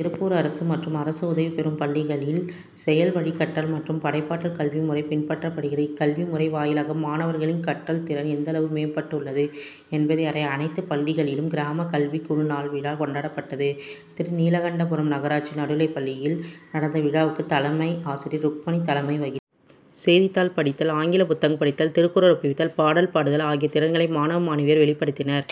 திருப்பூர் அரசு மற்றும் அரசு உதவி பெறும் பள்ளிகளில் செயல்வழிக்கற்றல் மற்றும் படைப்பாற்றல் கல்வி முறை பின்பற்றப்படுகிறது. இக்கல்வி முறை வாயிலாக மாணவர்களின் கற்றல் திறன் எந்தளவு மேம்பட்டுள்ளது என்பதை அறிய, அனைத்து பள்ளிகளிலும் கிராம கல்விக்குழு நாள் விழா கொண்டாடப்பட்டது. திருநீலகண்டபுரம் நகராட்சி நடுநிலைப்பள்ளியில் நடந்த விழாவுக்கு, தலைமை ஆசிரியர் ருக்மணி தலைமை வகித்தார். செய்தித்தாள் படித்தல், ஆங்கில புத்தகம் படித்தல், திருக்குறள் ஒப்புவித்தல், பாடல் பாடுதல் ஆகிய திறன்களை மாணவ, மாணவியர் வெளிப்படுத்தினர்.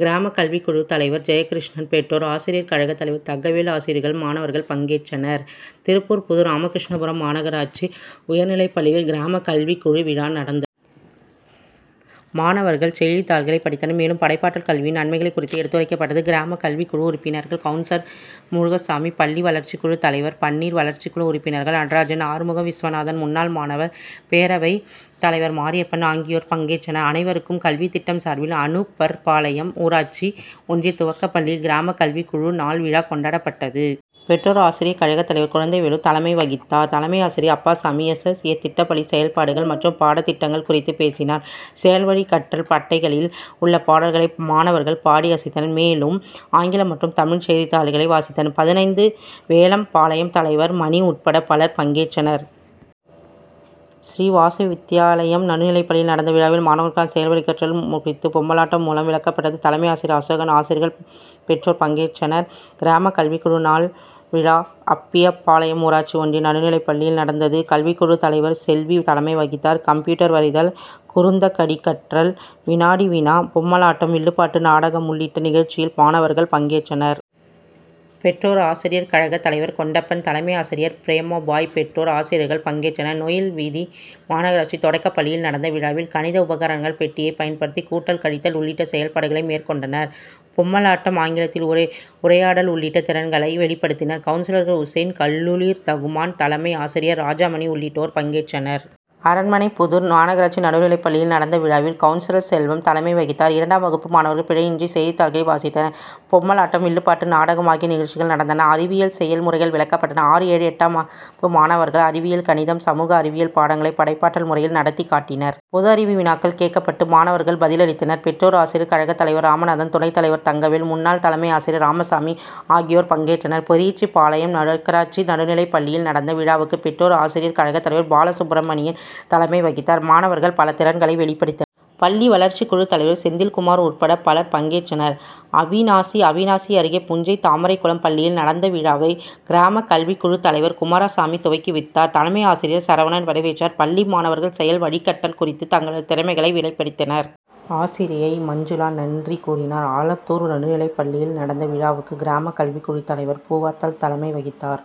கிராம கல்விக்குழு தலைவர் ஜெயகிருஷ்ணன், பெற்றோர் ஆசிரியர் கழக தலைவர் தங்கவேல், ஆசிரியர்கள், மாணவர்கள் பங்கேற்றனர். திருப்பூர் புதுராமகிருஷ்ணாபுரம் மாநகராட்சி உயர்நிலைப்பள்ளியில் கிராம கல்விக்குழு விழா நடந்தது. மாணவர்கள், செய்தித் தாள்களை படித்தனர். மேலும், படைப்பாற்றல் கல்வியின் நன்மைகள் குறித்து எடுத்துரைக்கப்பட்டது. கிராம கல்விக்குழு உறுப்பினர்கள், கவுன்சிலர் முருகசாமி, பள்ளி வளர்ச்சி குழு தலைவர் பன்னீர், வளர்ச்சிக்குழு உறுப்பினர்கள் நடராஜன், ஆறுமுகம், விஸ்வநாதன், முன்னாள் மாணவர் பேரவை தலைவர் மாரியப்பன் ஆகியோர் பங்கேற்றனர். அனைவருக்கும் கல்வித்திட்டம் சார்பில் அனுப்பர்பாளையம் ஊராட்சி ஒன்றிய துவக்கப்பள்ளியில் கிராம கல்விக்குழு நாள் விழா கொண்டாடப்பட்டது. பெற்றோர் ஆசிரிய கழகத்தலைவர் குழந்தைவேலு தலைமை வகித்தார். தலைமை ஆசிரியர் அப்பாசாமி, எஸ். எஸ். ஏ., திட்ட பள்ளி செயல்பாடுகள் மற்றும் பாடத்திட்டங்கள் குறித்து பேசினார். செயல்வழிக்கற்றல் அட்டைகளில் உள்ள பாடல்களை மாணவர்கள் பாடி அசத்தினர். மேலும், ஆங்கிலம் மற்றும் தமிழ் செய்தித்தாள்களை வாசித்தனர். பதினைந்து வேலம்பாளையம் தலைவர் மணி உட்பட பலர் பங்கேற்றனர். ஸ்ரீவாசவி வித்யாலயம் நடுநிலைப்பள்ளியில் நடந்த விழாவில், மாணவர்களுக்கான செயல்வழிக்கற்றல் குறித்து பொம்மலாட்டம் மூலம் விளக்கப்பட்டது. தலைமை ஆசிரியர் அசோகன், ஆசிரியர்கள், பெற்றோர் பங்கேற்றனர். கிராம கல்விக்குழு நாள் விழா, அப்பியாபாளையம் ஊராட்சி ஒன்றிய நடுநிலைப் பள்ளியில் நடந்தது. கல்விக்குழு தலைவர் செல்வி தலைமை வகித்தார். கம்ப்யூட்டரில் வரைதல், குறுந்தகடில் கற்றல், வினாடி வினா, பொம்மலாட்டம், வில்லுப்பாட்டு, நாடகம் உள்ளிட்ட நிகழ்ச்சிகளில் மாணவர்கள் பங்கேற்றனர். பெற்றோர் ஆசிரியர் கழக தலைவர் கொண்டப்பன், தலைமை ஆசிரியர் பிரேமாபாய், பெற்றோர், ஆசிரியர்கள் பங்கேற்றனர். நொய்யல் வீதி மாநகராட்சி தொடக்கப்பள்ளியில் நடந்த விழாவில், கணித உபகரணங்கள் பெட்டியை பயன்படுத்தி கூட்டல், கழித்தல் உள்ளிட்ட செயல்பாடுகளை மேற்கொண்டனர். பொம்மலாட்டம், ஆங்கிலத்தில் உரையாடல் உள்ளிட்ட திறன்களை வெளிப்படுத்தினர். கவுன்சிலர்கள் உசேன், கலிலுர் ரகுமான், தலைமை ஆசிரியர் ராஜாமணி உள்ளிட்டோர் பங்கேற்றனர். அரண்மனைபுதூர் மாநகராட்சி நடுநிலைப்பள்ளியில் நடந்த விழாவில் கவுன்சிலர் செல்வம் தலைமை வகித்தார். இரண்டாம் வகுப்பு மாணவர்கள் பிழையின்றி செய்தித்தாள்களை வாசித்தனர். பொம்மலாட்டம், வில்லுப்பாட்டு, நாடகம் ஆகிய நிகழ்ச்சிகள் நடந்தன. அறிவியல் செய்முறைகள் விளக்கப்பட்டன. ஆறு, ஏழு, எட்டாம் வகுப்பு மாணவர்கள் அறிவியல், கணிதம், சமூக அறிவியல் பாடங்களை படைப்பாற்றல் முறையில் நடத்திக்காட்டினர். பொது அறிவு வினாக்கள் கேட்கப்பட்டு, மாணவர்கள் பதிலளித்தனர். பெற்றோர் ஆசிரியர் கழக தலைவர் ராமநாதன், துணை தலைவர் தங்கவேல், முன்னாள் தலைமை ஆசிரியர் ராமசாமி ஆகியோர் பங்கேற்றனர். பெரிச்சிபாளையம் நகராட்சி நடுநிலைப்பள்ளியில் நடந்த விழாவுக்கு, பெற்றோர் ஆசிரியர் கழக தலைவர் பாலசுப்ரமணியம் தலைமை வகித்தார். மாணவர்கள் பல திறன்களை வெளிபடுத்தினர். பள்ளி வளர்ச்சி குழு தலைவர் செந்தில்குமார் உட்பட பலர் பங்கேற்றனர். அவிநாசி அவிநாசி அருகே புஞ்சை தாமரைக்குளம் பள்ளியில் நடந்த விழாவை, கிராம கல்விக்குழு தலைவர் குமாரசாமி துவக்கி வைத்தார். தலைமையாசிரியர் சரவணன் வரவேற்றார். பள்ளி மாணவர்கள், செயல் வழிக்கற்றல் குறித்து தங்களது திறமைகளை வெளிப்படுத்தினர். ஆசிரியை மஞ்சுளா நன்றி கூறினார். ஆலத்தூர் நடுநிலைப்பள்ளியில் நடந்த விழாவுக்கு, கிராம கல்விக்குழு தலைவர் பூவாத்தாள் தலைமை வகித்தார்.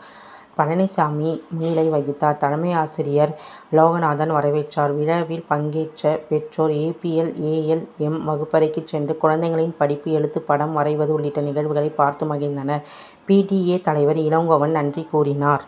பழனிசாமி முன்னிலை வகித்தார். தலைமையாசிரியர் லோகநாதன் வரவேற்றார். விழாவில் பங்கேற்ற பெற்றோர், A. B. L., A. L. M., வகுப்பறைக்குச் சென்று, குழந்தைகளின் படிப்பு, எழுத்து, படம் வரைவது உள்ளிட்ட நிகழ்வுகளை பார்த்து மகிழ்ந்தனர். பி. டி. ஏ., தலைவர் இளங்கோவன் நன்றி கூறினார்.